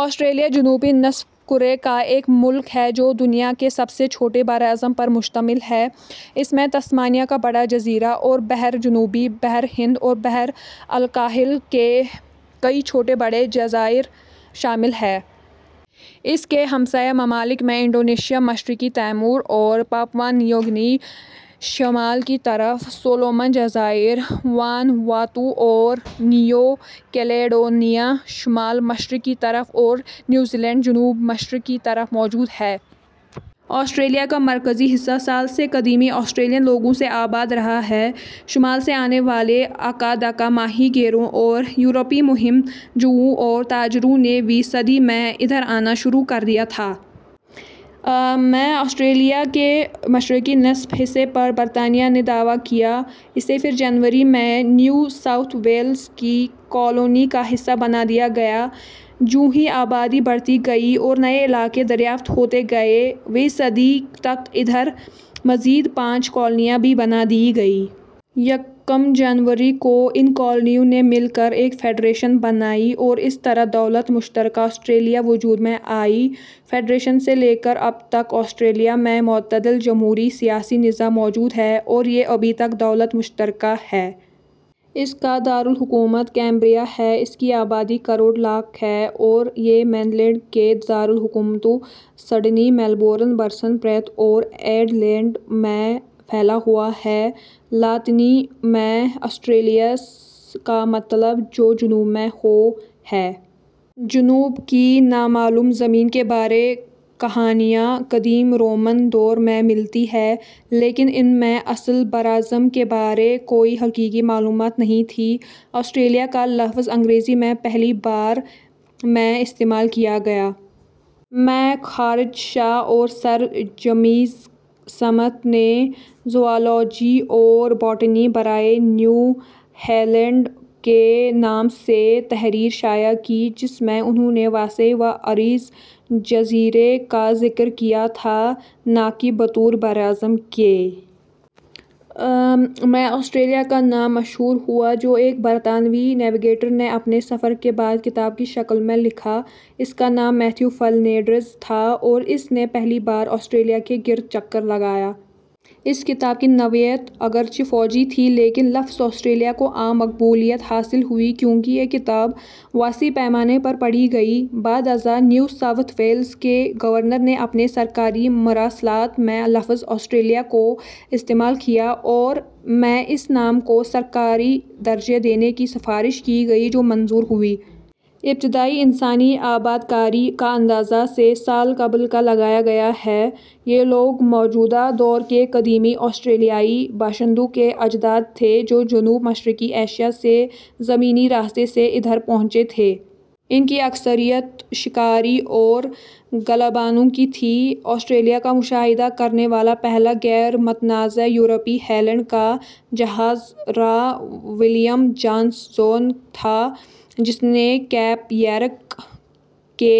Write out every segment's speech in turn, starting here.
آسْٹْریلِیا جنوبی نصف کُرے کا ایک ملک ہے جو دنیا کے سب سے چھوٹے براعظم پر مشتمل ہے۔ اس میں تسمانیہ کا بڑا جزیرہ اور بحر جنوبی، بحر ہند اور بحر الکاہل کے کئی چھوٹے بڑے جزائر شامل ہیں۔ اس کے ہمسایہ ممالک میں انڈونیشیا ، مشرقی تیمور اور پاپوا نیو گنی شمال کی طرف، سولومن جزائر ، وانواتو اور نیو کیلیڈونیا شمال مشرق کی طرف اور نیوزی لینڈ جنوب مشرق کی طرف موجود ہے۔ آسٹریلیا کا مرکزی حصہ سال سے قدیمی آسٹریلین لوگوں سے آباد رہا ہے۔ شمال سے آنے والے اکا دکا ماہی گیروں اور یورپی مہم جوؤں اور تاجروں نے ویں صدی میں ادھر آنا شروع کر دیا تھا۔ ءمیں، آسٹریلیا کے مشرقی نصف حصہ پر برطانیہ نے دعویٰ کیا۔ اسے پھر جنوری ء میں، نیو ساؤتھ ویلز کی کالونی کا حصہ بنا دیا گیا۔ جونہی آبادی بڑھتی گئی اور نئے علاقے دریافت ہوتے گئے، ویں صدی تک ادھر مزید پانچ کالونیاں بھی بنا دی گئیں۔ یکم جنوری ء کو، ان کالونیوں نے مل کر ایک فیڈریشن بنائی اور اس طرح دولت مشترکہ آسٹریلیا وجود میں آئی۔ فیڈریشن سے لے کر اب تک، آسٹریلیا میں معتدل جمہوری سیاسی نظام موجود ہے اور یہ ابھی تک دولت مشترکہ ہے۔ اس کا دار الحکومت کینبرا ہے۔ اس کی آبادی کروڑ لاکھ ہے اور یہ مین لینڈ کے دارلحکومتوں سڈنی ، میلبورن ، برسبن، پرتھ اور ایڈیلیڈ میں پھیلا ہوا ہے۔ لاطینی میں آسٹریلیس کا مطلب "جو جنوب میں ہو" ہے۔ جنوب کی نامعلوم زمین کے بارے کہانیاں قدیم رومن دور میں ملتی ہیں لیکن ان میں اصل براعظم کے بارے کوئی حقیقی معلومات نہیں تھیں۔ آسٹریلیا کا لفظ انگریزی میں پہلی بار ء میں استعمال کیا گیا۔ ء میں جارج شا اور سر جیمز سمتھ نے زوالوجی اور باٹنی برائے نیو ہالینڈ کے نام سے تحریر شائع کی جس میں انھوں نے وسیع و عریض جزیرے کا ذکر کیا تھا نہ کہ بطور براعظم کے۔ ء میں آسٹریلیا کا نام مشہور ہوا جو ایک برطانوی نیویگیٹر نے اپنے سفر کے بعد کتاب کی شکل میں لکھا۔ اس کا نام میتھیو فلنڈرز تھا اور اس نے پہلی بار آسٹریلیا کے گرد چکر لگایا۔ اس کتاب کی نوعیت اگرچہ فوجی تھی، لیکن لفظ "آسٹریلیا" کو عام مقبولیت حاصل ہوئی کیونکہ یہ کتاب وسیع پیمانے پر پڑھی گئی۔ بعد ازاں نیو ساوتھ ویلز کے گورنر نے اپنے سرکاری مراسلات میں لفظ "آسٹریلیا" کو استعمال کیا اور ء میں اس نام کو سرکاری درجہ دینے کی سفارش کی گئی جو منظور ہوئی۔ ابتدائی انسانی آبادکاری کا اندازہ ، سے ، سال قبل کا لگایا گیا ہے۔ یہ لوگ موجودہ دور کے قدیمی آسٹریلیائی باشندوں کے اجداد تھے جو جنوب مشرقی ایشیا سے زمینی راستے سے ادھر پہنچے تھے۔ ان کی اکثریت شکاری اور گلہ بانوں کی تھی۔ آسٹریلیا کا مشاہدہ کرنے والا پہلا غیر متنازع یورپی ہالینڈ کا جہاز راں ولیم جانسزون تھا جس نے کیپ یارک کے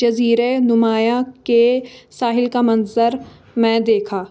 جزیرہ نما کے ساحل کا منظر، ء میں دیکھا۔